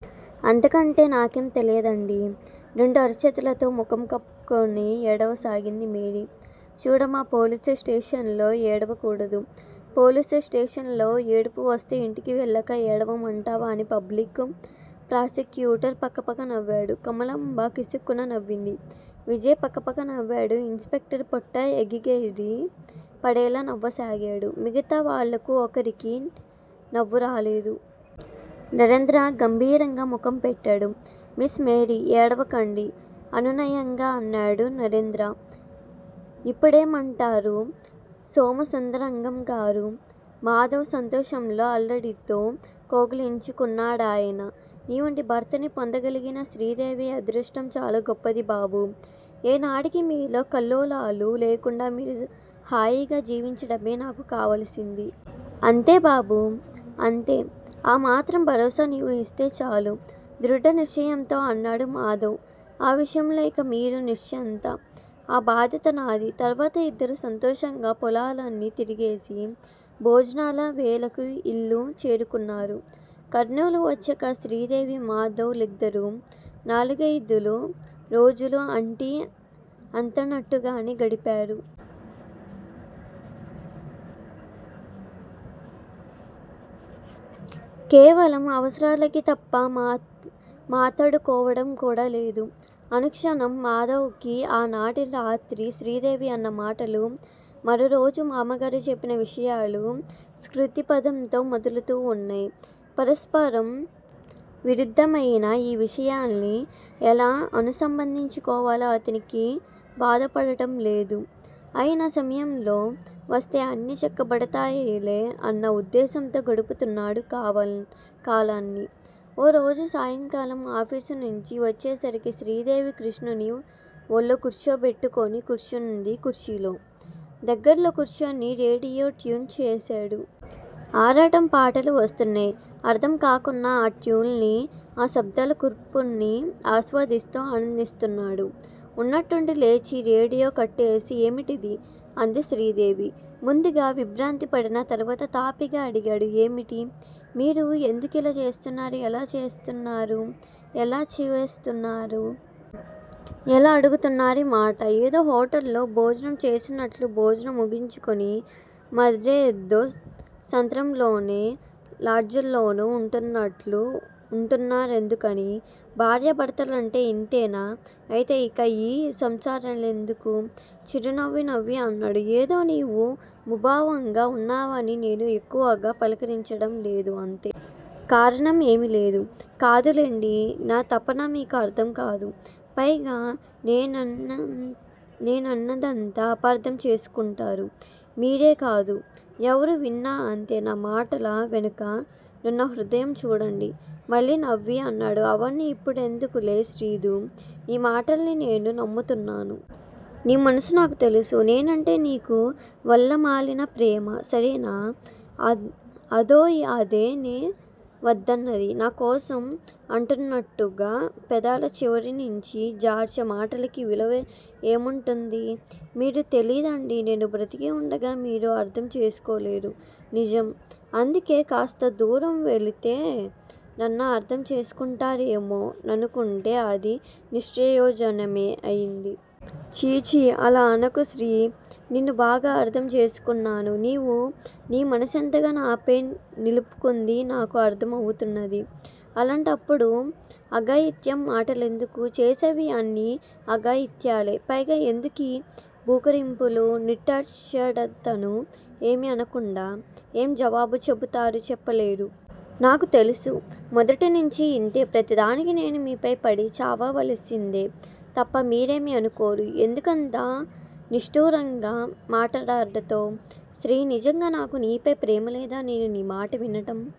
అంతకంటే నాకేం తెలియదండీ? రెండు అరచేతులతో ముఖం కప్పుకొని ఏడవ సాగింది మేరీ. చూడమ్మా! పోలీసు స్టేషల్లో ఏడవ కూడదు. పోలీసు స్టేషన్ లో ఏడుపువస్తే ఇంటికి వెళ్ళాక ఏడవమంటావా? అని పబ్లిక్ ప్రాసిక్యూటర్ పకపకనవ్వాడు. కమలాంబ కిసుక్కున నవ్వింది. విజయ్ పకపక నవ్వాడు. ఇన్స్ స్పెక్టర్ పొట్ట ఎగిగెగిరి పడేలా నవ్వసాగాడు, మిగతా వాళ్లకు ఒకరికీ నవ్వురాలేదు. నరేంద్ర గంభీరంగా ముఖం పెట్టాడు. Miss Mary! ఏడవకండీ. అనునయంగా అన్నాడు నరేంద్ర. ఇప్పుడేమంటారు సోమసుందరంగారూ? మాధవ్ సంతోషంలో అల్లుడితో కౌగిలించుకున్నాడాయన. నీ వంటి భర్తని పొందగలిగిన శ్రీదేవి అదృష్టం చాలా గొప్పది బాబూ, ఏ నాటికీ మీలో కల్లోలాలు లేకుండా మీరు హాయిగా జీవించటమే నాకు కావలసింది. అంతే బాబు, అంతే. ఆ మాత్రం భరోసా నీవు యిస్తే చాలు. దృడ నిశ్చయంతో అన్నాడు మాధవ్ ఆ విషయంలో ఇక మీరు నిశ్చంత. ఆ భాద్యత నాది. తర్వాత ఇద్దరూ సంతోషంగా పొలాలన్నీ తిరిగేసి, భోజనాల వేళకి యిల్లు చేరుకున్నారు. కర్నూలు వచ్చాక శ్రీదేవి మాధవ్ లిద్దరూ నాలుగయిదు రోజులు అంటి అంతనట్టుగానే గడిపారు. కేవలం అవసరాలకి తప్ప మాతడుకోవడం కూడా లేదు. ఆనుక్షణం మాధవ్ కి ఆ నాటి రాత్రి శ్రీదేవి అన్న మాటలు మరురోజు మామగారు చెప్పిన విషయాలు స్మృతి పధంతో మెదులుతూ వున్నాయ్. పరస్పరం విరుద్దమయిన యీ విషయాల్ని ఎలా అనుసంబంధించుకోవాలో అతనికి బోధపడటంలేదు. అయినా సమయం వస్తే అన్నీ చక్కబదతాయిలే అన్న వుద్దేశంతో గడుపుతున్నాడు కాలాన్ని, ఓ రోజు సాయంకాలం ఆఫీసునుంచి వచ్చేసరికి శ్రీదేవి కృష్ణని ఒళ్ళో కూర్చోబెట్టుకుని కూర్చునుంది కుర్చీలో, దగ్గర్లో కూర్చుని రేడియో ట్యూన్ చేశాడు. అరవం పాటలు వస్తున్నాయ్. అర్ధం కాకున్న ఆ ట్యూన్లీ, ఆ శబ్దాల కూర్పుని ఆస్వాదిస్తూ ఆనందిస్తున్నాడు. ఉన్నట్టుండి లేచి రేడియో కట్టేసి ఏమిటిది? అంది శ్రీదేవి. ముందుగా విభ్రాంతి పడినా తర్వాత తాపిగా అడిగాడు ఏమిటి? మీరు ఎందుకిలా చేస్తున్నారు? ఎలా చేస్తున్నారు? ఎలా చేస్తున్నారా? ఎలా అడుగుతున్నారి మాట? ఏదో హొటల్ లో భోజనం చేసినట్లు భోజనం ముగించుకుని, మరేదో సత్రంలోనో లాడ్జోలోనో వుంటున్నట్లు వుంటున్నారెందుకని? భార్యా భర్తలంటే యింతేనా? అయితే యిక యీ సంసారాలెందుకు? చిరునవ్వు నవ్వి అన్నాడు ఏదో నీవు ముభావంగా వున్నావని నేనూ ఎక్కువగా పలుకరించటం లేదు అంతే. కారణం ఏమి లేదు. కాదు లెండి, నా తపన మీకు అర్ధం కాదు. పైగా నే నన్నదంతా అపార్ధం చేసుకుంటారు. మీరే కాదు. ఎవరూ విన్నా అంతే. నా మాటల వెనుక నున్న హృదయం చూడండి. మళ్ళీ నవ్వి అన్నాడు అవన్నీ యిప్పుడేందుకులే శ్రీదూ--నీ మాటల్ని నేను నమ్ముతున్నాను. నీ మనసు నాకు తెలుసు. నేనేంటే నీకు వల్లమాలినప్రేమ. సరేనా? అదో అదే నే వద్దన్నది. నా కోసం అంటున్నట్టుగా పెదాల చివరి నించి జార్చే మాటలకి విలువ ఏముంటుంది? మీరు తెలీదండి. నేను బ్రతికి వుండగా మీరు అర్ధం చేసుకోలేరు. నిజం. అందుకే కాస్త దూరం వెళితే నన్న అర్ధం చేసుకుంటారేమో ననుకుంటే అది నిష్ప్రయోజనమే అయింది. చీ! చీ! అలా అనకు శ్రీ, నిన్ను బాగా అర్ధం చేసుకున్నాను. నీవు నీ మనసెంతగా నాపై నిలుపుకుంది నాకు అర్ధం అవుతున్నది. అలాంటప్పుడు అఘాయిత్యం మాట లెందుకు? చేసేవి అన్నీ అఘాయిత్యాలే! పైగా ఎందుకీ బూకరింపులు? నిట్టుర్చాడతను ఏమి అనకుండా. ఏం జవాబు చెపుతారు, చెప్పలేరు. నాకు తెలుసు, మొదటినించి యింతే. ప్రతిదానికి నేను మీపై పడి చావవలసిందే తప్ప మీరేమి అనుకోరు. ఎందుకంత నిష్టూరంగా మాటలాడతావ్? శ్రీ నిజంగా నాకు నీపై ప్రేమలేదా? నేను నీ మాట వినటం